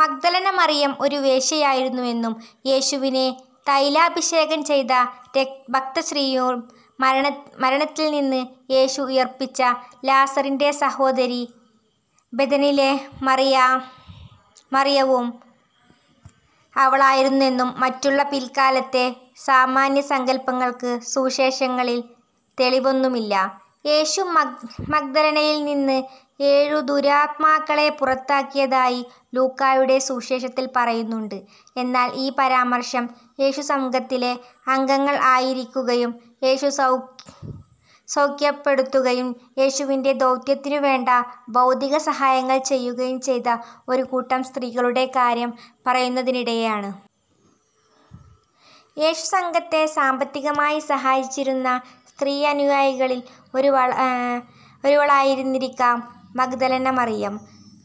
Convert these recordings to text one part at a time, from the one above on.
മഗ്ദലനമറിയം ഒരു വേശ്യ ആയിരുന്നുവെന്നും, യേശുവിനെ തൈലാഭിഷേകം ചെയ്ത ഭക്തസ്ത്രീയും മരണത്തിൽ നിന്ന് യേശു ഉയിർപ്പിച്ച ലാസറിന്റെ സഹോദരി ബെഥനിയിലെ മറിയവും അവളായിരുന്നെന്നും മറ്റുമുള്ള പിൽക്കാലത്തെ സാമാന്യസങ്കല്പങ്ങൾക്ക് സുവിശേഷങ്ങളിൽ തെളിവൊന്നുമില്ല. യേശു 'മഗ്ദലന'-യിൽ നിന്ന് ഏഴു ദുരാത്മാക്കളെ പുറത്താക്കിയതായി ലൂക്കായുടെ സുവിശേഷത്തിൽ പറയുന്നുണ്ട്. എന്നാൽ ഈ പരാമർശം, യേശുസംഘത്തിലെ അംഗങ്ങൾ ആയിരിക്കുകയും യേശു സൗഖ്യപ്പെടുത്തുകയും യേശുവിന്റെ ദൗത്യത്തിനു വേണ്ട ഭൗതികസഹായങ്ങൾ ചെയ്യുകയും ചെയ്ത ഒരുകൂട്ടം സ്ത്രീകളുടെ കാര്യം പറയുന്നതിനിടെയാണ്. യേശുസംഘത്തെ സാമ്പത്തികമായി സഹായിച്ചിരുന്ന സ്ത്രീ അനുയായികളിൽ ഒരുവളായിരുന്നിരിക്കാം മഗ്ദലനമറിയം.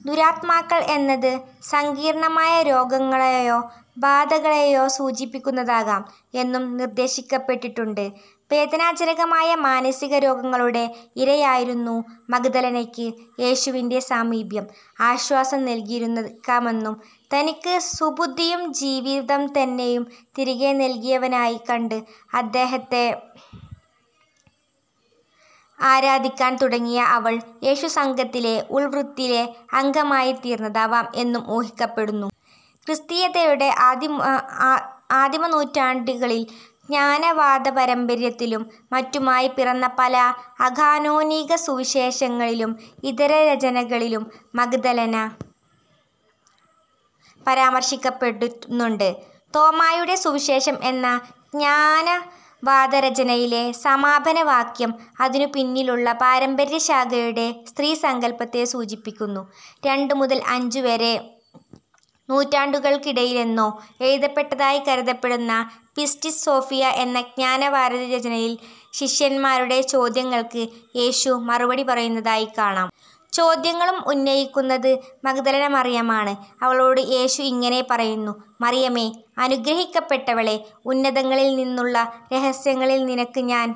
'ദുരാത്മാക്കൾ' എന്നത് സങ്കീർണ്ണമായ രോഗങ്ങളേയോ 'ബാധ'-കളേയോ സൂചിപ്പിക്കുന്നതാകാം എന്നും നിർദ്ദേശിക്കപ്പെട്ടിട്ടുണ്ട്. വേദനാജനമായ മാനസികരോഗങ്ങളുടെ ഇരയായിരുന്ന മഗ്ദലനയ്ക്ക് യേശുവിന്റെ സാമീപ്യം ആശ്വാസം നൽകിയിരുന്നിരിക്കാമെന്നും തനിക്ക് സുബുദ്ധിയും ജീവിതം തന്നെയും തിരികെ നൽകിയവനായി കണ്ട് അദ്ദേഹത്തെ ആരാധിക്കാൻ തുടങ്ങിയ അവൾ യേശുസംഘത്തിലെ ഉൾവൃത്തത്തിലെ അംഗമായിത്തീർന്നതാവാം എന്നും ഊഹിക്കപ്പെടുന്നു. ക്രിസ്തീയതയുടെ ആദിമനൂറ്റാണ്ടുകളിൽ ജ്ഞാനവാദപാരമ്പര്യത്തിലും മറ്റുമായി പിറന്ന പല അകാനോനിക സുവിശേഷങ്ങളിലും ഇതരരചനകളിലും 'മഗ്ദലന' പരാമർശിക്കപ്പെടുന്നുണ്ട്. തോമായുടെ സുവിശേഷം എന്ന ജ്ഞാനവാദരചനയിലെ സമാപനവാക്യം അതിനു പിന്നിലുള്ള പാരമ്പര്യശാഖയുടെ സ്ത്രീസങ്കല്പത്തെ സൂചിപ്പിക്കുന്നു:- രണ്ടു മുതൽ അഞ്ചുവരെ നൂറ്റാണ്ടുകൾക്കിടയിലെന്നോ എഴുതപ്പെട്ടതായി കരുതപ്പെടുന്ന "പിസ്റ്റിസ് സോഫിയ" എന്ന ജ്ഞാനവാദരചനയിൽ ശിഷ്യന്മാരുടെ ചോദ്യങ്ങൾക്ക് യേശു മറുപടി പറയുന്നതായി കാണാം. ചോദ്യങ്ങളും ഉന്നയിക്കുന്നത് മഗ്ദലനമറിയമാണ്. അവളോട് യേശു ഇങ്ങനെ പറയുന്നു: "മറിയമേ, അനുഗ്രഹിക്കപ്പെട്ടവളേ, ഉന്നതങ്ങളിൽ നിന്നുള്ള രഹസ്യങ്ങളിൽ നിനക്കു ഞാൻ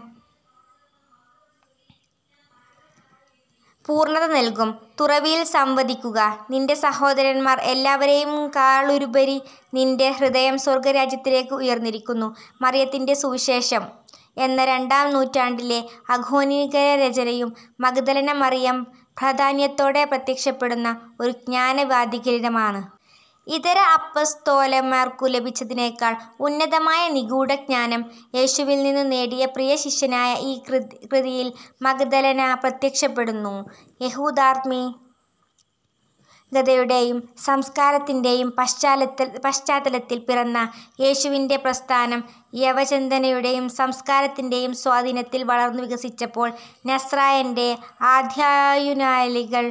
പൂർണ്ണത നൽകും. തുറവിയിൽ സംവദിക്കുക. നിന്റെ സഹോദരന്മാർ എല്ലാവരേയുംകാളുപരി നിന്റെ ഹൃദയം സ്വർഗ്ഗരാജ്യത്തിലേയ്ക്ക് ഉയർന്നിരിക്കുന്നു. " "മറിയത്തിന്റെ സുവിശേഷം" എന്ന രണ്ടാം നൂറ്റാണ്ടിലെ അകാനോനികരചനയും മഗ്ദലനമറിയം പ്രാധാന്യത്തോടെ പ്രത്യക്ഷപ്പെടുന്ന ഒരു ജ്ഞാനവാദലിഖിതമാണ്. ഇതര അപ്പസ്തോലന്മാർക്കു ലഭിച്ചതിനേക്കാൾ ഉന്നതമായ നിഗൂഢജ്ഞാനം യേശുവിൽ നിന്നു നേടിയ പ്രിയശിഷ്യയായി ഈ കൃതിയിൽ മഗ്ദലന പ്രത്യക്ഷപ്പെടുന്നു. യഹൂദധാർമ്മികതയുടേയും സംസ്കാരത്തിന്റേയും പശ്ചാത്തലത്തിൽ പിറന്ന യേശുവിന്റെ പ്രസ്ഥാനം യവനചിന്തയുടേയും സംസ്കാരത്തിന്റേയും സ്വാധീനത്തിൽ വളർന്നു വികസിച്ചപ്പോൾ, 'നസ്രായന്റെ' ആദ്യാനുയായികൾ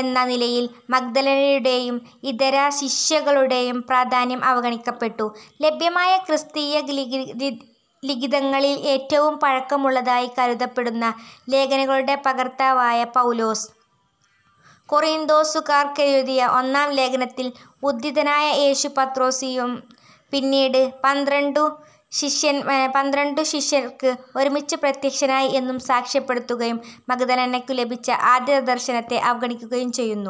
എന്ന നിലയിൽ മഗ്ദലനയുടേയും ഇതരശിഷ്യകളുടേയും പ്രാധാന്യം അവഗണിക്കപ്പെട്ടു. ലഭ്യമായ ക്രിസ്തീയലിഖിതങ്ങളിൽ ഏറ്റവും പഴക്കമുള്ളതായി കരുതപ്പെടുന്ന ലേഖനങ്ങളുടെ കർത്താവായ പൗലോസ്, കൊറീന്തോസുകാർക്കെഴുതിയ ഒന്നാം ലേഖനത്തിൽ ഉദ്ധിതനായ യേശു പത്രോനിസും പിന്നീട് പന്ത്രണ്ടു ശിഷ്യർക്ക് ഒരുമിച്ചും പ്രത്യക്ഷനായി എന്നു സാക്ഷ്യപ്പെടുത്തുകയും മഗ്ദലനയ്ക്കു ലഭിച്ച ആദ്യദർശനത്തെ അവഗണിക്കുകയും ചെയ്യുന്നു.